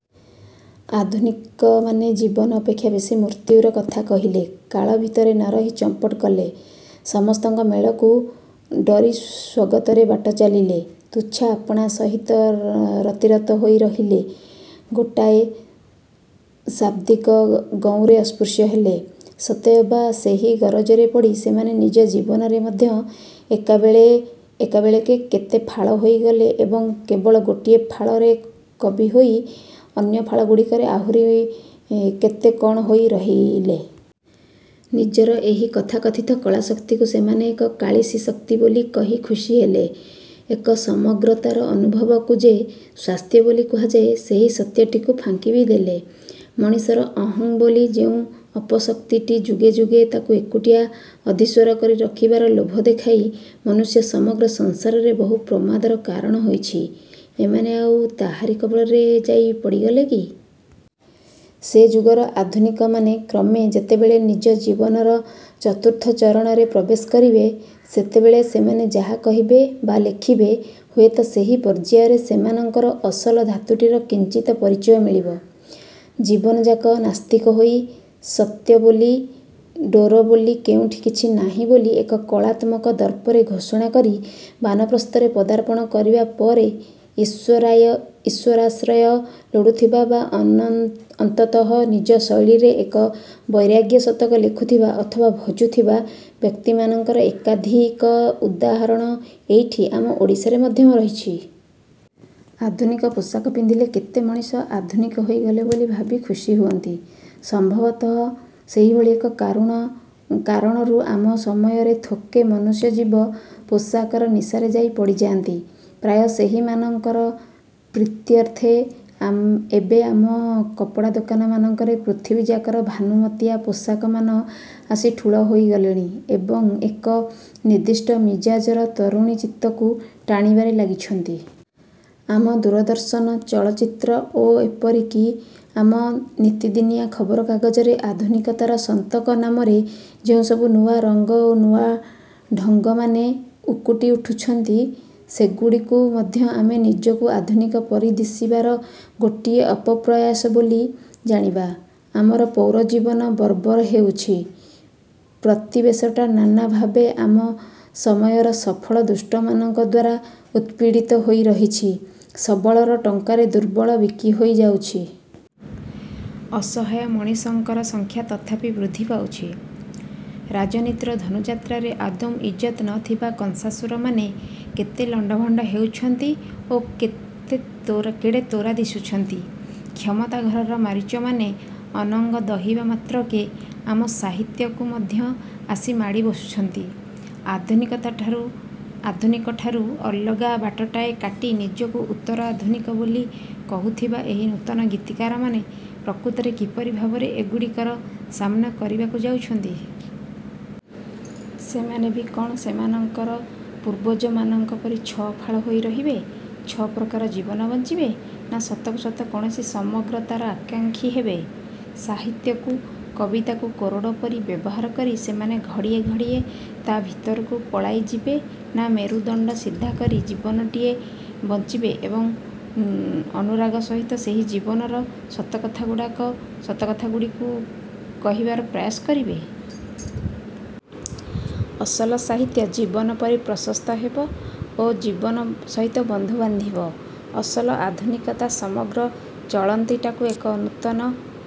ଆଧୁନିକମାନେ ଜୀବନ ଅପେକ୍ଷା ବେଶୀ ମୃତ୍ୟୁର କଥା କହିଲେ, କାଳ ଭିତରେ ନରହି ଚମ୍ପଟ କଲେ, ସମସ୍ତଙ୍କ ମେଳକୁ ଡ଼ରି ସ୍ଵଗତରେ ବାଟ ଚାଲିଲେ, ତୁଚ୍ଛା ଆପଣା ସହିତ ରତିରତ ହୋଇ ରହିଲେ, ଗୋଟାଏ ଶାବ୍ଦିକ ଗଉଁରେ ଅସ୍ପୃଶ୍ୟ ହେଲେ। ସତେଅବା ସେହି ଗରଜରେ ପଡ଼ି ସେମାନେ ନିଜ ଜୀବନରେ ମଧ୍ୟ ଏକାବେଳେକେ କେତେ ଫାଳ ହୋଇଗଲେ ଏବଂ କେବଳ ଗୋଟିଏ ଫାଳରେ କବି ହୋଇ ଅନ୍ୟ ଫାଳଗୁଡ଼ିକରେ ଆହୁରି କେତେ କଣ ହୋଇ ରହିଲେ। ନିଜର ଏହି ତଥାକଥିତ କଳାଶକ୍ତିକୁ ସେମାନେ ଏକ କାଳିସୀଶକ୍ତି ବୋଲି କହି ଖୁସି ହେଲେ। ଏକ ସମଗ୍ରତାର ଅନୁଭବକୁ ଯେ ସ୍ଵାସ୍ଥ୍ୟ ବୋଲି କୁହାଯାଏ, ସେହି ସତ୍ୟଟିକୁ ଫାଙ୍କି ବି ଦେଲେ। ମଣିଷର ଅହଂ ବୋଲି ଯେଉଁ ଅପଶକ୍ତିଟି ଯୁଗେ ଯୁଗେ ତାକୁ ଏକୁଟିଆ ଅଧୀଶ୍ୱର କରି ରଖିବାର ଲୋଭ ଦେଖାଇ ମନୁଷ୍ୟ ସମଗ୍ରର ସଂସାରରେ ବହୁ ପ୍ରମାଦର କାରଣ ହୋଇଛି, ଏମାନେ ଆଉ ତାହାରି କବଳରେ ଯାଇ ପଡ଼ିଗଲେ କି? ସେ ଯୁଗର ଆଧୁନିକମାନେ କ୍ରମେ ଯେତେବେଳେ ନିଜ ଜୀବନର ଚତୁର୍ଥ ଚରଣରେ ପ୍ରବେଶ କରିବେ, ସେତେବେଳେ ସେମାନେ ଯାହା କହିବେ ବା ଲେଖିବେ ହୁଏତ ସେହି ପର୍ଯ୍ୟାୟରେ ସେମାନଙ୍କର ଅସଲ ଧାତୁଟିର କିଞ୍ଚିତ ପରିଚୟ ମିଳିବ। ଜୀବନଯାକ ନାସ୍ତିକ ହୋଇ, ସତ୍ୟ ବୋଲି, ଡୋର ବୋଲି କେଉଁଠି କିଛି ନାହିଁ ବୋଲି ଏକ କଳାତ୍ମକ ଦର୍ପରେ ଘୋଷଣା କରି ବାନପ୍ରସ୍ଥରେ ପଦାର୍ପଣ କରିବା ପରେ ଈଶ୍ୱରାଶ୍ରୟ ଲୋଡୁଥିବା ବା ଅନ୍ତତଃ ନିଜ ଶୈଳୀରେ ଏକ ବୈରାଗ୍ୟଶତକ ଲେଖୁଥିବା ଅଥବା ଭଜୁଥିବା ବ୍ୟକ୍ତିମାନଙ୍କର ଏକାଧିକ ଉଦାହରଣ ଏଇଠି ଆମ ଓଡ଼ିଶାରେ ମଧ୍ୟ ରହିଛି। ଆଧୁନିକ ପୋଷାକ ପିନ୍ଧିଲେ କେତେ ମଣିଷ ଆଧୁନିକ ହୋଇଗଲେ ବୋଲି ଭାବି ଖୁସୀ ହୁଅନ୍ତି। ସମ୍ଭବତଃ ସେହିଭଳି ଏକ କାରଣରୁ ଆମ ସମୟର ଥୋକେ ମନୁଷ୍ୟଜୀବ ପୋଷାକର ନିଶାରେ ଯାଇ ପଡ଼ିଯାଆନ୍ତି। ପ୍ରାୟ ସେହିମାନଙ୍କର ପ୍ରୀତ୍ୟର୍ଥେ ଏବେ ଆମ କପଡ଼ାଦୋକାନମାନଙ୍କରେ ପୃଥିବୀଯାକର ଭାନୁମତିଆ ପୋଷାକମାନ ଆସି ଠୁଳ ହୋଇଗଲେଣି ଏବଂ ଏକ ନିର୍ଦ୍ଦିଷ୍ଟ ମିଜାଜର ତରୁଣଚିତ୍ତକୁ ଟାଣିବାରେ ଲାଗିଛନ୍ତି। ଆମ ଦୂରଦର୍ଶନ, ଚଳଚ୍ଚିତ୍ର ଓ ଏପରିକି ଆମ ନିତିଦିନିଆ ଖବରକାଗଜରେ ଆଧୁନିକତାର ସନ୍ତକ ନାମରେ ଯେଉଁସବୁ ନୂଆ ରଙ୍ଗ ଓ ନୂଆ ଢ଼ଙ୍ଗମାନେ ଉକୁଟି ଉଠୁଛନ୍ତି, ସେଗୁଡ଼ିକୁ ମଧ୍ୟ ଆମେ ନିଜକୁ ଆଧୁନିକ ପରି ଦିଶିବାର ଗୋଟିଏ ଅପପ୍ରୟାସ ବୋଲି ଜାଣିବା। ଆମର ପୌରଜୀବନ ବର୍ବର ହେଉଛି, ପ୍ରତିବେଶଟା ନାନା ଭାବେ ଆମ ସମୟର ସଫଳ ଦୁଷ୍ଟମାନଙ୍କ ଦ୍ଵାରା ଉତ୍ପୀଡ଼ିତ ହୋଇ ରହିଛି, ସବଳର ଟଙ୍କାରେ ଦୁର୍ବଳ ବିକି ହୋଇ ଯାଉଛି। ଅସହାୟ ମଣିଷଙ୍କର ସଂଖ୍ୟା ତଥାପି ବୃଦ୍ଧି ପାଉଛି, ରାଜନୀତିର ଧନୁଯାତ୍ରାରେ ଆଦୌ ଇଜ୍ଜତ ନଥିବା କଂସାସୁରମାନେ କେତେ ଲଣ୍ଡଭଣ୍ଡ ହେଉଛନ୍ତି ଓ କେଡ଼େ ତୋରା ଦିଶୁଛନ୍ତି, କ୍ଷମତା ଘରର ମାରୀଚମାନେ ଅନଙ୍ଗ ଦହିବା ମାତ୍ରକେ ଆମ ସାହିତ୍ୟକୁ ମଧ୍ୟ ଆସି ମାଡ଼ି ବସୁଛନ୍ତି। ଆଧୁନିକଠାରୁ ଅଲଗା ବାଟଟାଏ କାଟି ନିଜକୁ ଉତ୍ତର ଆଧୁନିକ ବୋଲି କହୁଥିବା ଏହି ନୂତନ ଗୀତିକାରମାନେ ପ୍ରକୃତରେ କିପରି ଭାବରେ ଏଗୁଡ଼ିକର ସାମନା କରିବାକୁ ଯାଉଛନ୍ତି? ସେମାନେ ବି କଣ ସେମାନଙ୍କର ପୂର୍ବଜମାନଙ୍କ ପରି ଛଅଫାଳ ହୋଇ ରହିବେ, ଛଅପ୍ରକାର ଜୀବନ ବଞ୍ଚିବେ ନା ସତକୁ ସତ କୌଣସି ସମଗ୍ରତାର ଆକାଂକ୍ଷୀ ହେବେ? ସାହିତ୍ୟକୁ, କବିତାକୁ କୋରଡ଼ ପରି ବ୍ୟବହାର କରି ସେମାନେ ଘଡ଼ିଏ ଘଡ଼ିଏ ତା ଭିତରକୁ ପଳାଇ ଯିବେ ନା ମେରୁଦଣ୍ଡ ସିଧା କରି ଜୀବନଟିଏ ବଞ୍ଚିବେ ଏବଂ ଅନୁରାଗ ସହିତ ସେହି ଜୀବନର ସତକଥାଗୁଡ଼ିକୁ କହିବାର ପ୍ରୟାସ କରିବେ? ଅସଲ ସାହିତ୍ୟ ଜୀବନ ପରି ପ୍ରଶସ୍ତ ହେବ ଓ ଜୀବନ ସହିତ ବନ୍ଧୁ ବାନ୍ଧିବ। ଅସଲ ଆଧୁନିକତା ସମଗ୍ର ଚଳନ୍ତିଟାକୁ ଏକ ନୂତନ